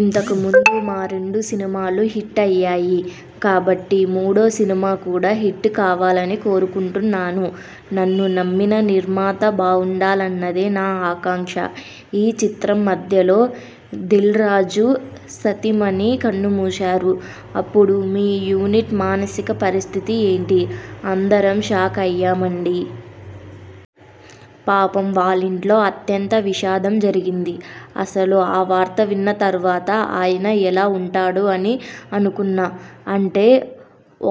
ఇంతకు ముందు మా రెండు సినిమాలు హిట్ అయ్యాయి కాబట్టి మూడో సినిమా కూడా హిట్ కావాలని కోరుకుంటున్నాను. నన్ను నమ్మిన నిర్మాత బావుండాలన్నదే నా ఆకాంక్ష. ఈ చిత్రం మధ్యలో దిల్రాజు సతీమణి కన్నుమూశారు అప్పుడు మీ యూనిట్ మానసిక పరిస్థితి ఏంటి? అందరం షాక్ అయ్యామండీ. పాపం వాళ్లింట్లో అత్యంత విషాదం జరిగింది. అసలు ఆ వార్త విన్న తర్వాత, ఆయన ఎలా ఉంటాడో అని అనుకున్నా అంటే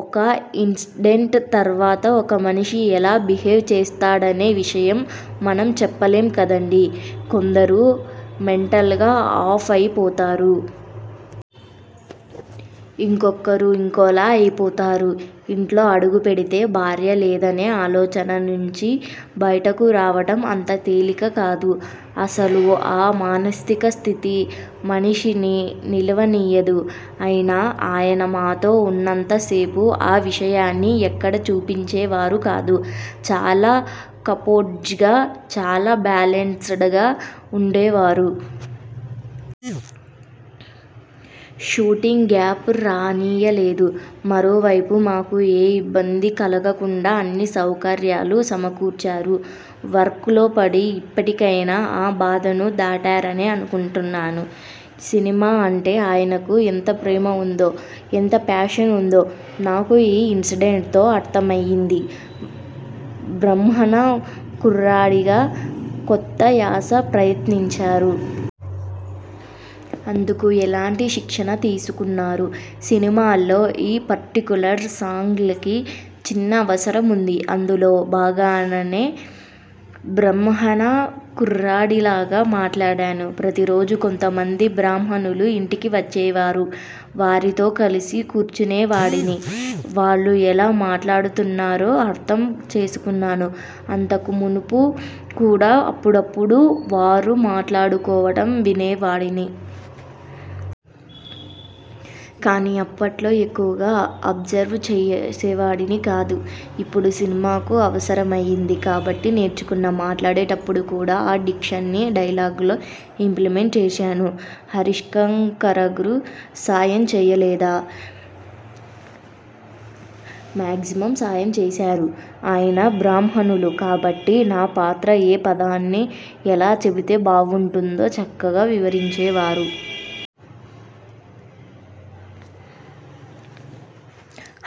ఒక ఇన్సిడెంట్ తర్వాత ఒక మనిషి ఎలా బిహేవ్ చేస్తాడనే విషయాన్ని మనం చెప్పలేం కదండీ! కొందరు మెంటల్గా ఆఫ్ అయి పోతారు. ఇంకొకరు ఇంకోలా అయిపోతారు. ఇంట్లో అడుగుపెడితే భార్య లేదనే ఆలోచన నుంచి బయటకు రావడం అంత తేలికకాదు. అసలు ఆ మానసిక స్థితి మనిషిని నిలవనీయదు. అయినా ఆయన మాతో ఉన్నంత సేపూ ఆ విషయాన్ని ఎక్కడా చూపించేవారు కాదు. చాలా కంపోజ్డ్గా, చాలా బ్యాలెన్స్డ్గా ఉండేవారు. షూటింగ్కి గ్యాప్ రానీయలేదు. మరో వైపు మాకు ఏ ఇబ్బంది కలగకుండా అన్నీ సౌకర్యాలూ సమకూర్చారు. వర్క్లో పడి, ఇప్పటికైనా ఆ బాధను దాటారనే అనుకుంటున్నాను. సినిమా అంటే ఆయనకు ఎంత ప్రేమ ఉందో, ఎంత ప్యాషన్ ఉందో నాకు ఈ ఇన్సిడెంట్తో అర్థమైంది. బ్రాహ్మణ కుర్రాడిగా కొత్త యాస ప్రయత్నించారు. అందుకు ఎలాంటి శిక్షణ తీసుకున్నారు? సినిమాలో ఈ పర్టిక్యులర్ స్లాంగ్కి చిన్న అవసరం ఉంది. అందులో భాగంగానే బ్రాహ్మణ కుర్రాడిలాగా మాట్లాడాను. ప్రతిరోజూ కొంతమంది బ్రాహ్మణులు ఇంటికి వచ్చేవారు. వారితో కలిసి కూర్చునేవాడిని. వాళ్లు ఎలా మాట్లాడుతున్నారో అర్థం చేసుకున్నాను. అంతకుమునుపు కూడా అప్పుడప్పుడూ వారు మాట్లాడుకోవడం వినేవాడిని. కానీ అప్పట్లో ఎక్కువగా అబ్జర్వ్ చేసేవాడిని కాదు. ఇప్పుడు సినిమాకు అవసరమైంది కాబట్టి నేర్చుకున్నా. మాట్లాడేటప్పుడు కూడా ఆ డిక్షన్ని డైలాగ్లో ఇంప్లిమెంట్ చేశాను. హరీశ్శంకర్గారు సాయం చేయలేదా? మేగ్జిమమ్ సాయం చేశారు. ఆయన బ్రాహ్మణులు కాబట్టి నా పాత్ర ఏ పదాన్ని ఎలా చెబితే బావుంటుందో చక్కగా వివరించేవారు.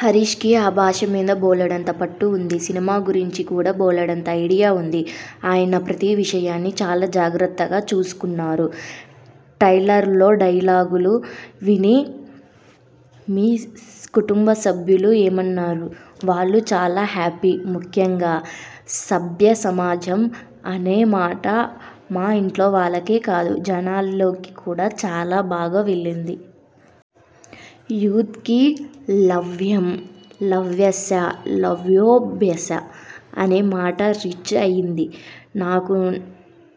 హరీశ్కి ఆ భాష మీద బోలెడంత పట్టు ఉంది. సినిమా గురించి కూడా బోలెడంత ఐడియా ఉంది. ఆయన ప్రతి విషయాన్నీ చాలా జాగ్రత్తగా చూసుకున్నారు. ట్రైలర్లో డైలాగులు విని మీ కుటుంబసభ్యులు ఏమన్నారు? వాళ్లు చాలా హ్యాపీ. ముఖ్యంగా 'సభ్య సమాజం' అనే మాట మా ఇంట్లో వాళ్లకే కాదు జనాల్లోకి కూడా చాలా బాగా వెళ్లింది. యూత్కి 'లవ్వః లవ్యస్య లవ్యభ్యో' అనే మాట రీచ్ అయింది. నాకు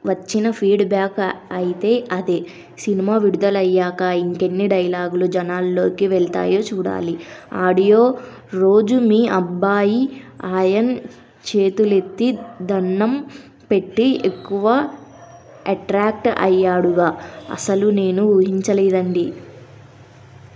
వచ్చిన ఫీడ్ బ్యాక్ అయితే అదే. సినిమా విడుదలయ్యాక ఇంకెన్ని డైలాగులు జనాల్లోకి వెళ్తాయో చూడాలి. ఆడియో రోజు మీ అబ్బాయి అయాన్ చేతులెత్తి దణ్ణం పెట్టి ఎక్కువ ఎట్రాక్ట్ అయ్యాడుగా! అస్సలు నేను ఊహించలేదండీ.